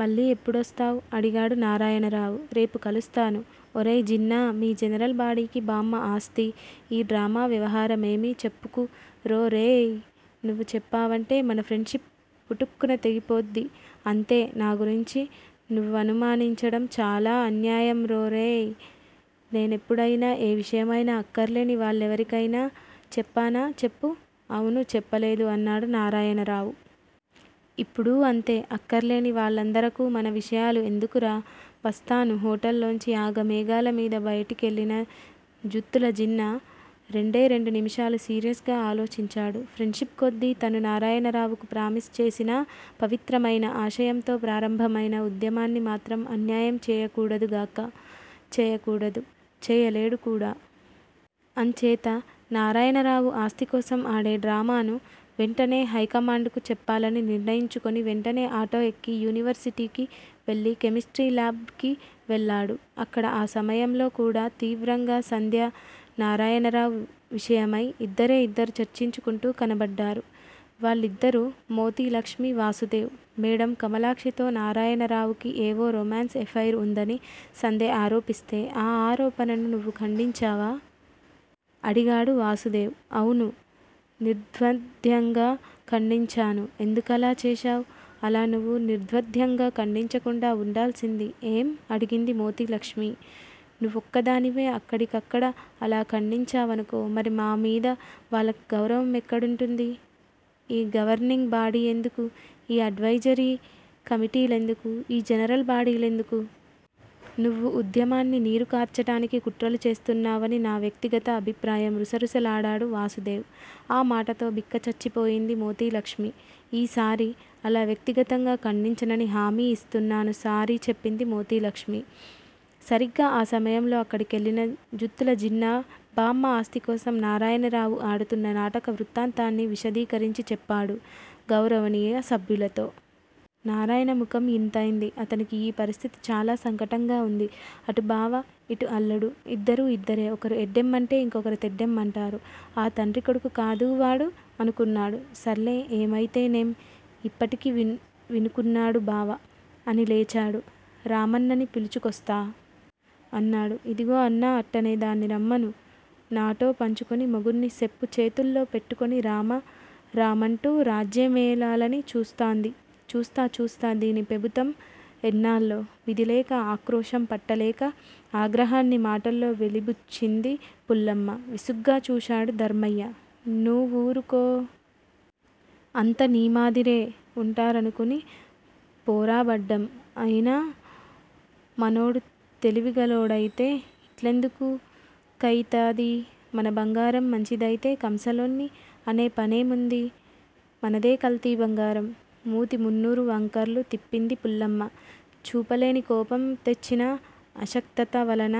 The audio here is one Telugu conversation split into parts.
మల్లి ఎప్పుడొస్తావ్? అడిగాడు నారాయణరావు. రేపు కలుస్తాను ఒరేయ్ జిన్నా మీ జనరల్ బాడీకి బామ్మ ఆస్థి, ఈ డ్రామా వ్యవహారమేమీ చెప్పుకురోరేయ్. నువ్వు చెప్పావంటే మన ఫ్రెండ్ షిప్ పుటుక్కున తెగిపోద్ది అంతే నా గురించి నువ్వనుమానించడం చాలా అన్యాయంరోరేయ్ నేనెప్పుడయినా, ఏ విషయమైనా అక్కర్లేని వాళ్ళెవరికైనా చెప్పానా చెప్పు అవును చెప్పలేదు అన్నాడు నారాయణరావు. ఇప్పుడూ అంతే. అక్కర్లేని వాళ్ళందరకూ మన విషయాలు ఎందుకురా వస్తాను హోటల్ లోంచి ఆఘమేఘాలమీద బయటికెళ్ళిన జుత్తులజిన్నా రెండే రెండునిముషాలు సీరియస్ గా ఆలోచించాడు. ఫ్రెండ్షిప్ కొద్దీ తను నారాయణరావుకు ప్రామిస్ చేసినా పవిత్రమయిన ఆశయంతో ప్రారంభమైన ఉద్యమాన్ని మాత్రం అన్యాయం చేయకూడదుగాక చేయకూడదు-చేయలేడు కూడా. అంచేత నారాయణరావు ఆస్థికోసం ఆడే డ్రామాను వెంటనే హైకమాండుకు చెప్పాలని నిర్ణయించుకుని వెంటనే ఆటో ఎక్కి యూనివర్సిటీకి వెళ్ళి, కెమిస్ట్రీ లాబ్ కి వెళ్ళాడు. అక్కడ ఆ సమయంలోకూడా తీవ్రంగా సంధ్య నారాయణరావ్ విషయమై ఇద్దరే ఇద్దరు చర్చించుకుంటూ కనబడ్డారు. వాళ్ళిద్దరూ మోతీలక్ష్మి, వాసుదేవ్. మేడమ్ కమలాక్షితో, నారాయణరావుకి ఏవో రొమాన్స్ ఎఫైర్ ఉందని సంధ్య ఆరోపిస్తే ఆ ఆరోపణను నువ్వు ఖండించావా? అడిగాడు వాసుదేవ్. అవును! నిర్ద్వంద్వంగా ఖండించాను ఎందుకలా చేశావ్? అలా నువ్వు నిర్ద్వంద్వంగా ఖండించకుండా వుండాల్సింది ఏం? అడిగింది మోతీలక్ష్మీ. నువ్వొక్కదానివే అక్కడికక్కడ అలా ఖండించావనుకో మరి మామీద వాళ్ళకు గౌరవం ఎక్కడుంటుంది? ఈ గవర్నింగ్ బాడీ ఎందుకు? ఈ అడ్వయిజరీ కమిటీలెందుకు? ఈ జనరల్ బాడీలెందుకు? నువ్వు ఉద్యమాన్ని నీరు కార్చటానికి కుట్రలు చేస్తున్నావని నా వ్యక్తి గత అభిప్రాయం రుసరుసలాడాడు వాసుదేవ్. ఆ మాటతో బిక్కచచ్చిపోయింది మోతీలక్ష్మీ. ఈసారి అలా వ్యక్తిగతంగా ఖండించనని హామీ ఇస్తున్నాను సారీ చెప్పింది మోతీలక్ష్మీ. సరిగ్గా ఆ సమయంతో అక్కడికెళ్ళిన జుత్తులజిన్నా బామ్మ ఆస్థికోసం నారాయణరావు ఆడుతున్న నాటక వృత్తాంతాన్ని విశదీకరించిచెప్పాడు గౌరవనీయ సభ్యులతో. నారాయణ ముఖం యింతైంది! అతనికి యీ పరిస్థితి చాల సంకటంగా వుంది. 'అటు బావ! యిటు అల్లుడు! ఇద్దరూ ఇద్దరే! ఒకరు ఎడ్డెం అంటే ఇంకొకరు తెడ్డెం అంటారు. ఆ తండ్రి కొడుకు కాదూ వాడు! అనుకున్నాడు. 'సర్లే ఏమైతేనేం యిప్పటికి వి వినుకున్నాడు బావ! అని లేచాడు 'రామన్నని పిలుచుకోస్తా! ' అన్నాడు. ఇదిగో అన్నా అట్టనే దాన్ని రమ్మను. నాటో పంచుకుని, మొగున్ని సెప్పు చేతుల్లో పెట్టుకొని రామ రామాంటూ రాజ్జేమేలాలని చూస్తాంది. చూస్తా! చూస్తా! దీని పెబుతం ఎన్నాల్లో! విధిలేక ఆక్రోశం పట్టలేక ఆగ్రహాన్ని మాటల్లో వెలిబుచ్చింది పుల్లమ్మ. విసుగ్గా చూశాడు ధర్మయ్య 'నూవురుకో! అంత నీ మాదిరే' వుంటారనుకుని పోరాబడ్డం! అయినా మనోడు తెలివిగలోడయితే యిట్లేందుకుకయితాది! మన బంగారం మంచిదయితే కంసలోన్ని అనే పనేముంది! మనదే కల్తీ బంగారం! మూతి మున్నురు వంకర్లు తిప్పింది పుల్లమ్మ! చూపలేని కోపం తెచ్చిన అశక్తత వలన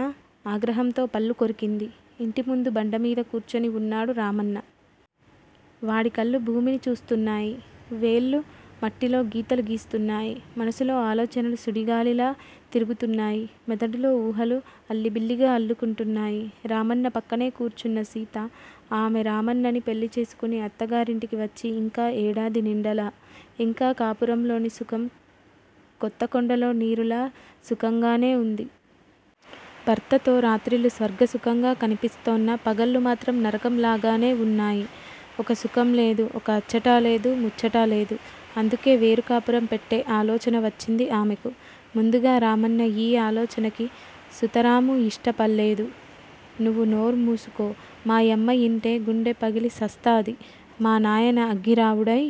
ఆగ్రహంతో పళ్ళు కొరికింది. ఇంటిముందు బండ మీద కూర్చుని వున్నాడు రామన్న! వాడి కళ్ళు భూమిని చూస్తున్నాయి. వేళ్ళు మట్టిలో గీతలు గీస్తున్నాయి. మనసులో ఆలోచనలు సుడిగాలిలా తిరుగుతున్నాయి. మెదడులో ఉహాలు అల్లిబిల్లిగా అల్లుకుంటున్నాయి. రామన్న పక్కనే కూర్చున్న సీత! ఆమె రామన్నని పెళ్ళి చేసుకుని అత్తగారింటికి వచ్చి ఇంకా ఏడాది నిండలా! ఇంకా కాపురంలోని సుఖం కొత్త కొండలో నీరులా సుఖంగానే వుంది. భర్తతో రాత్రిళ్ళు స్వర్గసుఖంగా కనిపిస్తోన్న పగళ్ళు మాత్రం నరకం లాగానే వున్నాయి. ఒక సుఖం లేదు. ఒక అచ్చటా లేదు. ముచ్చటా లేదు. అందుకే వేరు కాపురం పెట్టె ఆలోచన వచ్చింది ఆమెకు. ముందుగా రామన్న యీ ఆలోచనకి సుతరామూ యిష్ట పళ్ళేదు. 'నువు నోర్మూసుకో! మా యమ్మ యింటే గుండె పగిలిసస్తాది? మా నాయన అగ్గిరావుడై